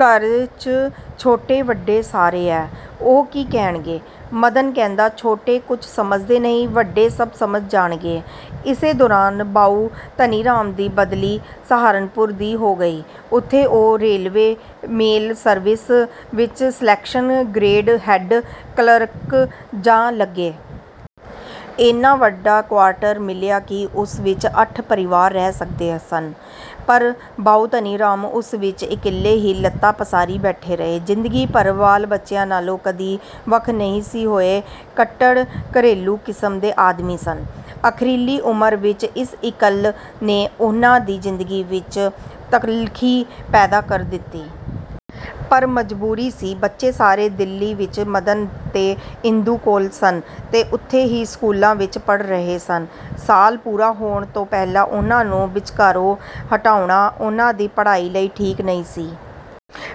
ਘਰ 'ਚ ਛੋਟੇ–ਵੱਡੇ ਸਾਰੇ ਐ, ਉਹ ਕੀ ਕਹਿਣਗੇ? " ਮਦਨ ਕਹਿੰਦਾ-"ਛੋਟੇ ਕੁਛ ਸਮਝਦੇ ਨਹੀਂ, ਵੱਡੇ ਸਭ ਸਮਝ ਜਾਣਗੇ! " ਇਸੇ ਦੌਰਾਨ ਬਾਊ ਧਨੀਰਾਮ ਦੀ ਬਦਲੀ ਸਹਾਰਨਪੁਰ ਦੀ ਹੋ ਗਈ। ਉੱਥੇ ਉਹ ਰੇਲਵੇ ਮੇਲ ਸਰਵਿਸ ਵਿਚ ਸਲੇਕਸ਼ਨ ਗਰੇਡ ਹੈਡ–ਕਲਰਕ ਜਾ ਲੱਗੇ। ਏਨਾ ਵੱਡਾ ਕਵਾਰਟਰ ਮਿਲਿਆ ਕਿ ਉਸ ਵਿਚ ਅੱਠ ਪਰਿਵਾਰ ਰਹਿ ਸਕਦੇ ਸਨ। ਪਰ ਬਾਊ ਧਨੀਰਾਮ ਉਸ ਵਿਚ ਇਕੱਲੇ ਹੀ ਲੱਤਾਂ ਪਸਾਰੀ ਬੈਠੇ ਰਹੇ। ਜ਼ਿੰਦਗੀ ਭਰ ਬਾਲ–ਬੱਚਿਆਂ ਨਾਲੋਂ ਕਦੀ ਵੱਖ ਨਹੀਂ ਸੀ ਹੋਏ। ਕੱਟੜ ਘਰੇਲੂ ਕਿਸਮ ਦੇ ਆਦਮੀ ਸਨ, ਅਖ਼ੀਰਲੀ ਉਮਰ ਵਿਚ ਇਸ ਇਕੱਲ ਨੇ ਉਹਨਾਂ ਦੀ ਜ਼ਿੰਦਗੀ ਵਿਚ ਤਲਖ਼ੀ ਪੈਦਾ ਕਰ ਦਿਤੀ। ਪਰ ਮਜ਼ਬੂਰੀ ਸੀ। ਬੱਚੇ ਸਾਰੇ ਦਿੱਲੀ ਵਿਚ ਮਦਨ ਤੇ ਇੰਦੂ ਕੋਲ ਸਨ ਤੇ ਉੱਥੇ ਹੀ ਸਕੂਲਾਂ ਵਿਚ ਪੜ੍ਹ ਰਹੇ ਸਨ। ਸਾਲ ਪੂਰਾ ਹੋਣ ਤੋਂ ਪਹਿਲਾਂ ਉਹਨਾਂ ਨੂੰ ਵਿਚਕਾਰੋਂ ਹਟਾਉਣਾ ਉਹਨਾਂ ਦੀ ਪੜ੍ਹਾਈ ਲਈ ਠੀਕ ਨਹੀਂ ਸੀ।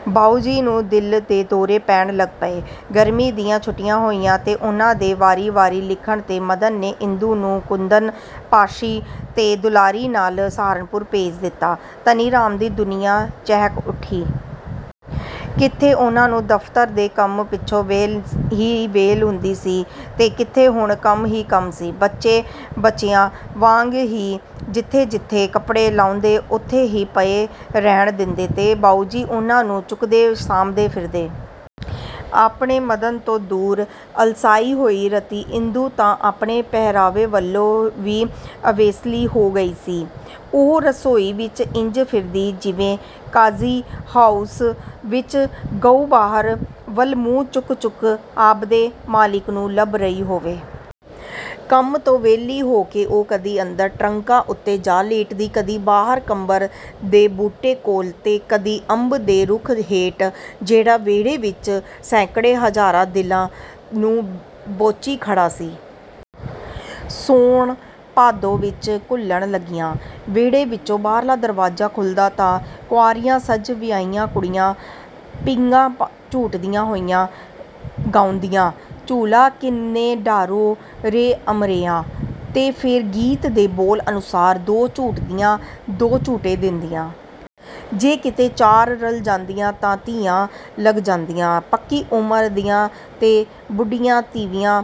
ਬਾਊਜੀ ਨੂੰ ਦਿਲ ਦੇ ਦੌਰੇ ਪੈਣ ਲੱਗ ਪਏ। ਗਰਮੀ ਦੀਆਂ ਛੁੱਟੀਆਂ ਹੋਈਆਂ ਤੇ ਉਹਨਾਂ ਦੇ ਵਾਰੀ ਵਾਰੀ ਲਿਖਣ 'ਤੇ ਮਦਨ ਨੇ ਇੰਦੂ ਨੂੰ ਕੁੰਦਨ, ਪਾਸ਼ੀ ਤੇ ਦੁਲਾਰੀ ਨਾਲ ਸਹਾਰਨਪੁਰ ਭੇਜ ਦਿਤਾ। ਧਨੀਰਾਮ ਦੀ ਦੁਨੀਆਂ ਚਹਿਕ ਉੱਠੀ। ਕਿੱਥੇ ਉਹਨਾਂ ਨੂੰ ਦਫ਼ਤਰ ਦੇ ਕੰਮ ਪਿੱਛੋਂ ਵਿਹਲ ਹੀ ਵਿਹਲ ਹੁੰਦੀ ਸੀ ਤੇ ਕਿੱਥੇ ਹੁਣ ਕੰਮ ਹੀ ਕੰਮ ਸੀ। ਬੱਚੇ, ਬੱਚਿਆਂ ਵਾਂਗ ਹੀ ਜਿੱਥੇ ਜਿੱਥੇ ਕਪੜੇ ਲਾਹੁੰਦੇ ਉੱਥੇ ਹੀ ਪਏ ਰਹਿਣ ਦਿੰਦੇ ਤੇ ਬਾਊਜੀ ਉਹਨਾਂ ਨੂੰ ਚੁੱਕਦੇ, ਸਾਂਭਦੇ ਫਿਰਦੇ। ਆਪਣੇ ਮਦਨ ਤੋਂ ਦੂਰ, ਅਲਸਾਈ ਹੋਈ ਰਤੀ ਇੰਦੂ ਤਾਂ ਆਪਣੇ ਪਹਿਰਾਵੇ ਵੱਲੋਂ ਵੀ ਅਵੇਸਲੀ ਹੋ ਗਈ ਸੀ। ਉਹ ਰਸੋਈ ਵਿਚ ਇੰਜ ਫਿਰਦੀ, ਜਿਵੇਂ ਕਾਜ਼ੀ ਹਾਊਸ ਵਿਚ ਗਊ ਬਾਹਰ ਵੱਲ ਮੂੰਹ ਚੁੱਕ ਚੁੱਕ ਆਪਦੇ ਮਾਲਿਕ ਨੂੰ ਲੱਭ ਰਹੀ ਹੋਵੇ। ਕੰਮ ਤੋਂ ਵਿਹਲੀ ਹੋ ਕੇ ਉਹ ਕਦੀ ਅੰਦਰ ਟਰੰਕਾਂ ਉੱਤੇ ਜਾ ਲੇਟਦੀ, ਕਦੀ ਬਾਹਰ ਕੰਬਰ ਦੇ ਬੂਟੇ ਕੋਲ ਤੇ ਕਦੀ ਅੰਬ ਦੇ ਰੁੱਖ਼ ਹੇਠ, ਜਿਹੜਾ ਵਿਹੜੇ ਵਿਚ ਸੈਂਕੜੇ ਹਜ਼ਾਰਾਂ ਦਿਲਾਂ ਨੂੰ ਬੋਚੀ ਖੜ੍ਹਾ ਸੀ। ਸੌਣ, ਭਾਦੋਂ ਵਿਚ ਘੁਲਣ ਲੱਗਿਆ। ਵਿਹੜੇ ਵਿਚੋਂ ਬਾਹਰਲਾ ਦਰਵਾਜ਼ਾ ਖੁੱਲ੍ਹਦਾ ਤਾਂ ਕੁਆਰੀਆਂ, ਸੱਜ–ਵਿਆਹੀਆਂ ਕੁੜੀਆਂ ਪੀਂਘਾਂ ਝੂਟਦੀਆਂ ਹੋਈਆਂ ਗਾਉਂਦੀਆਂ: 'ਝੂਲਾ ਕਿਨ ਨੇ ਡਾਰੋ ਰੇ ਅਮਰੈਯਾਂ… ' ਤੇ ਫੇਰ ਗੀਤ ਦੇ ਬੋਲ ਅਨੁਸਾਰ ਦੋ ਝੂਟਦੀਆਂ, ਦੋ ਝੂਟੇ ਦੇਂਦੀਆਂ। ਜੇ ਕਿਤੇ ਚਾਰ ਰਲ ਜਾਂਦੀਆਂ ਤਾਂ ਤੀਆਂ ਲੱਗ ਜਾਂਦੀਆਂ। ਪੱਕੀ ਉਮਰ ਦੀਆਂ ਤੇ ਬੁੱਢੀਆਂ ਤੀਵੀਂਆਂ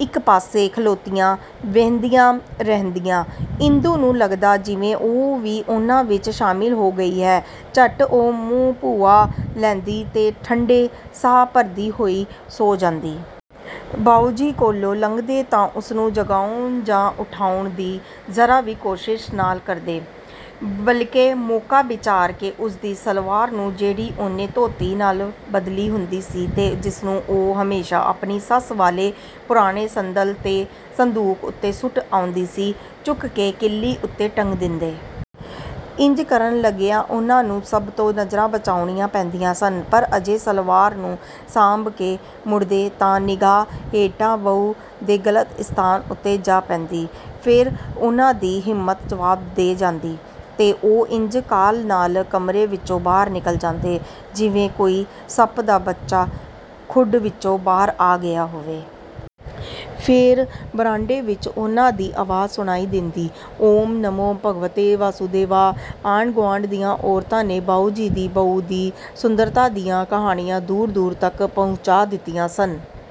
ਇਕ ਪਾਸੇ ਖਲੋਤੀਆਂ ਵਿਹੰਦੀਆਂ ਰਹਿੰਦੀਆਂ। ਇੰਦੂ ਨੂੰ ਲੱਗਦਾ ਜਿਵੇਂ ਉਹ ਵੀ ਉਹਨਾਂ ਵਿਚ ਸ਼ਾਮਿਲ ਹੋ ਗਈ ਹੈ। ਝੱਟ ਉਹ ਮੂੰਹ ਭੂਆਂ ਲੈਂਦੀ ਤੇ ਠੰਡੇ ਸਾਹ ਭਰਦੀ ਹੋਈ ਸੌਂ ਜਾਂਦੀ। ਬਾਊਜੀ ਕੋਲੋਂ ਲੰਘਦੇ ਤਾਂ ਉਸਨੂੰ ਜਗਾਉਣ ਜਾਂ ਉਠਾਉਣ ਦੀ ਜ਼ਰਾ ਵੀ ਕੋਸ਼ਿਸ਼ ਨਾਲ ਕਰਦੇ, ਬਲਿਕੇ ਮੌਕਾ ਵਿਚਾਰ ਕੇ ਉਸਦੀ ਸਲਵਾਰ ਨੂੰ ਜਿਹੜੀ ਉਹਨੇ ਧੋਤੀ ਨਾਲ ਬਦਲੀ ਹੁੰਦੀ ਸੀ ਤੇ ਜਿਸਨੂੰ ਉਹ ਹਮੇਸ਼ਾ ਆਪਣੀ ਸੱਸ ਵਾਲੇ ਪੁਰਾਣੇ ਸੰਦਲ ਦੇ ਸੰਦੂਕ ਉੱਤੇ ਸੁੱਟ ਆਉਂਦੀ ਸੀ, ਚੁੱਕ ਕੇ ਕਿੱਲੀ ਉੱਤੇ ਟੰਗ ਦਿੰਦੇ। ਇੰਜ ਕਰਨ ਲੱਗਿਆਂ ਉਹਨਾਂ ਨੂੰ ਸਭ ਤੋਂ ਨਜ਼ਰਾਂ ਬਚਾਉਣੀਆਂ ਪੈਂਦੀਆਂ ਸਨ। ਪਰ ਅਜੇ ਸਲਵਾਰ ਨੂੰ ਸਾਂਭ ਕੇ ਮੁੜਦੇ, ਤਾਂ ਨਿਗਾਹ ਹੇਠਾਂ ਬਹੂ ਦੇ ਗਲਤ ਸਥਾਨ ਉੱਤੇ ਜਾ ਪੈਂਦੀ। ਫੇਰ ਉਹਨਾਂ ਦੀ ਹਿੰਮਤ ਜਵਾਬ ਦੇ ਜਾਂਦੀ ਤੇ ਉਹ ਇੰਜ ਕਾਹਲ ਨਾਲ ਕਮਰੇ ਵਿਚੋਂ ਬਾਹਰ ਨਿਕਲ ਜਾਂਦੇ, ਜਿਵੇਂ ਕੋਈ ਸੱਪ ਦਾ ਬੱਚਾ ਖੁੱਡ ਵਿਚੋਂ ਬਾਹਰ ਆ ਗਿਆ ਹੋਵੇ। ਫੇਰ ਵਰਾਂਡੇ ਵਿਚ ਉਹਨਾਂ ਦੀ ਆਵਾਜ਼ ਸੁਣਾਈ ਦੇਂਦੀ-'ਓਮ ਨਮੋ ਭਗਵਤੇ ਵਾਸੁਦੇਵਾ… ' ਆਂਢ–ਗੁਆਂਢ ਦੀਆਂ ਔਰਤਾਂ ਨੇ ਬਾਊਜੀ ਦੀ ਬਹੂ ਦੀ ਸੁੰਦਰਤਾ ਦੀਆਂ ਕਹਾਣੀਆਂ ਦੂਰ–ਦੂਰ ਤਕ ਪਹੁੰਚਾਅ ਦਿਤੀਆਂ ਸਨ।